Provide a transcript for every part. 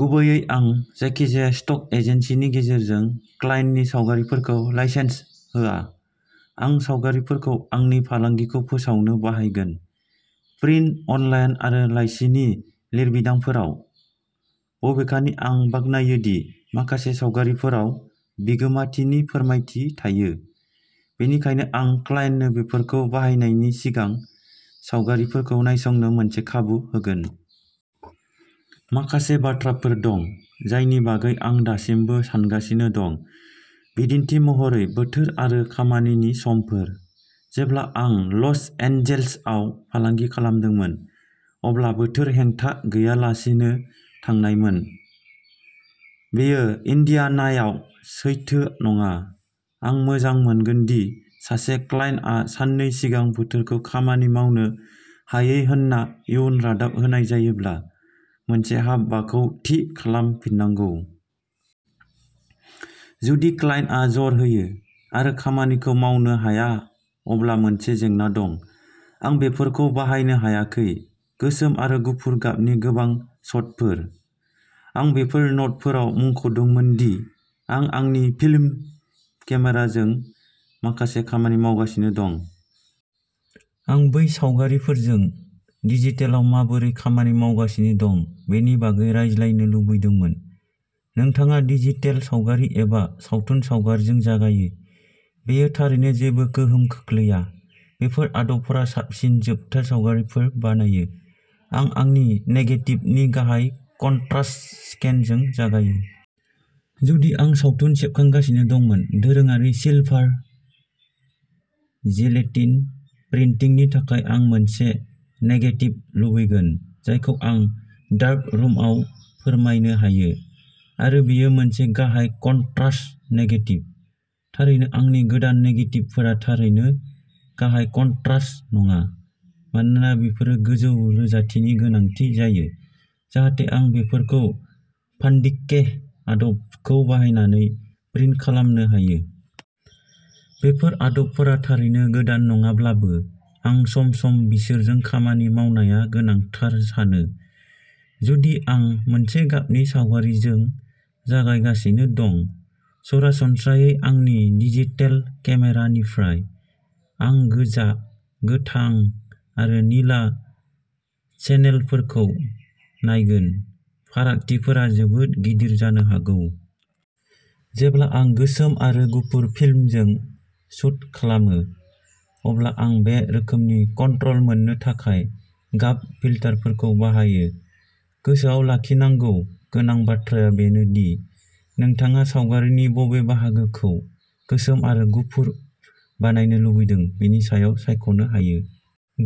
गुबैयै आं जायखिजाया स्टक एजेन्सिनि गेजेरजों क्लाइन्टनि सावगारिफोरखौ लाइसेन्स होआ। आं सावगारिफोरखौ आंनि फालांगिखौ फोसावनो बाहायगोनः प्रिन्ट, अनलाइन आरो लाइसिनि लिरबिदांफोराव। बबेखानि आं बाख्नायो दि माखासे सावगारिफोराव बिगोमाथिनि फोरमायथि थायो, बेनिखायनो आं क्लाइन्टनो बेफोरखौ बाहायनायनि सिगां सावगारिफोरखौ नायसंनो मोनसे खाबु होगोन। माखासे बाथ्राफोर दं जायनि बागै आं दासिमबो सानगासिनो दं, बिदिन्थि महरै बोथोर आरो खामानिनि समफोर। जेब्ला आं लस एन्जेल्सआव फालांगि खालामदोंमोन, अब्ला बोथोर हेंथा गैयालासेनो थांनायमोन। बेयो इन्डियानायाव सैथो नङा। आं मोजां मोनगोन दि सासे क्लाइन्टआ साननै सिगां बोथोरखौ खामानि मावनो हायै होन्ना इयुन रादाब होनाय जायोब्ला मोनसे हाबाखौ थि खालामफिननांगौ। जुदि क्लाइन्टआ जर होयो आरो खामानिखौ मावनो हाया अब्ला मोनसे जेंना दं। आं बेफोरखौ बाहायनो हायाखै। गोसोम आरो गुफुर गाबनि गोबां शटफोर। आं बेफोर न'टफोराव मुंख'दोंमोन दि आं आंनि फिल्म केमेराजों माखासे खामानि मावगासिनो दं। आं बै सावगारिफोरजों डिजिटेलआव माबोरै खामानि मावगासिनो दं बेनि बागै रायज्लायनो लुबैदोंमोन। नोंथाङा डिजिटेल सावगारि एबा सावथुन सावगारिजों जागायो, बेयो थारैनो जेबो गोहोम खोख्लैया; बेफोर आदबफोरा साबसिन जोबथा सावगारिफोर बानायो। आं आंनि नेगेटिभनि गाहाय कनट्रास्ट स्केनजों जागायो। जुदि आं सावथुन सेबखांगासिनो दंमोन, दोरोङारि सिलभार जिलेटिन प्रिन्टिंनि थाखाय, आं मोनसे नेगेटिभ लुबैगोन जायखौ आं डार्करुमआव फोरमायनो हायो आरो बेयो मोनसे गाहाय कनट्रास्ट नेगेटिभ। थारैनो आंनि गोदान नेगेटिभफोरा थारैनो गाहाय कनट्रास्ट नङा, मानोना बेफोरो गोजौ रोजाथिनि गोनांथि जायो जाहाथे आं बेफोरखौ भान्डिके आदबखौ बाहायनानै प्रिन्ट खालामनो हायो। बेफोर आदबफोरा थारैनो गोदान नङाब्लाबो आं सम-सम बिसोरजों खामानि मावनाया गोनांथार सानो। जुदि आं मोनसे गाबनि सावगारिजों जागायगासिनो दं, सरासनस्रायै आंनि डिजिटेल केमेरानिफ्राय, आं गोजा, गोथां आरो निला चेनेलफोरखौ नायगोन। फारागथिफोरा जोबोद गिदिर जानो हागौ। जेब्ला आं गोसोम आरो गुफुर फिल्मजों शूट खालामो, अब्ला आं बे रोखोमनि कन्ट्रल मोननो थाखाय गाब फिल्टारफोरखौ बाहायो। गोसोआव लाखिनांगौ गोनां बाथ्राया बेनो दि नोंथाङा सावगारिनि बबे बाहागोखौ गोसोम आरो गुफुर बानायनो लुबैदों बेनि सायाव सायख'नो हायो।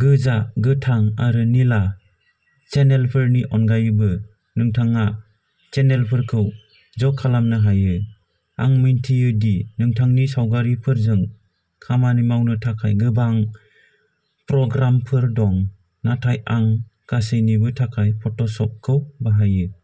गोजा, गोथां आरो निला चेनेलफोरनि अनगायैबो नोंथाङा चेनेलफोरखौ ज'खालामनो हायो। आं मिन्थियो दि नोंथांनि सावगारिफोरजों खामानि मावनो थाखाय गोबां प्रग्रामफोर दं, नाथाय आं गासैनिबो थाखाय फट'शपखौ बाहायो।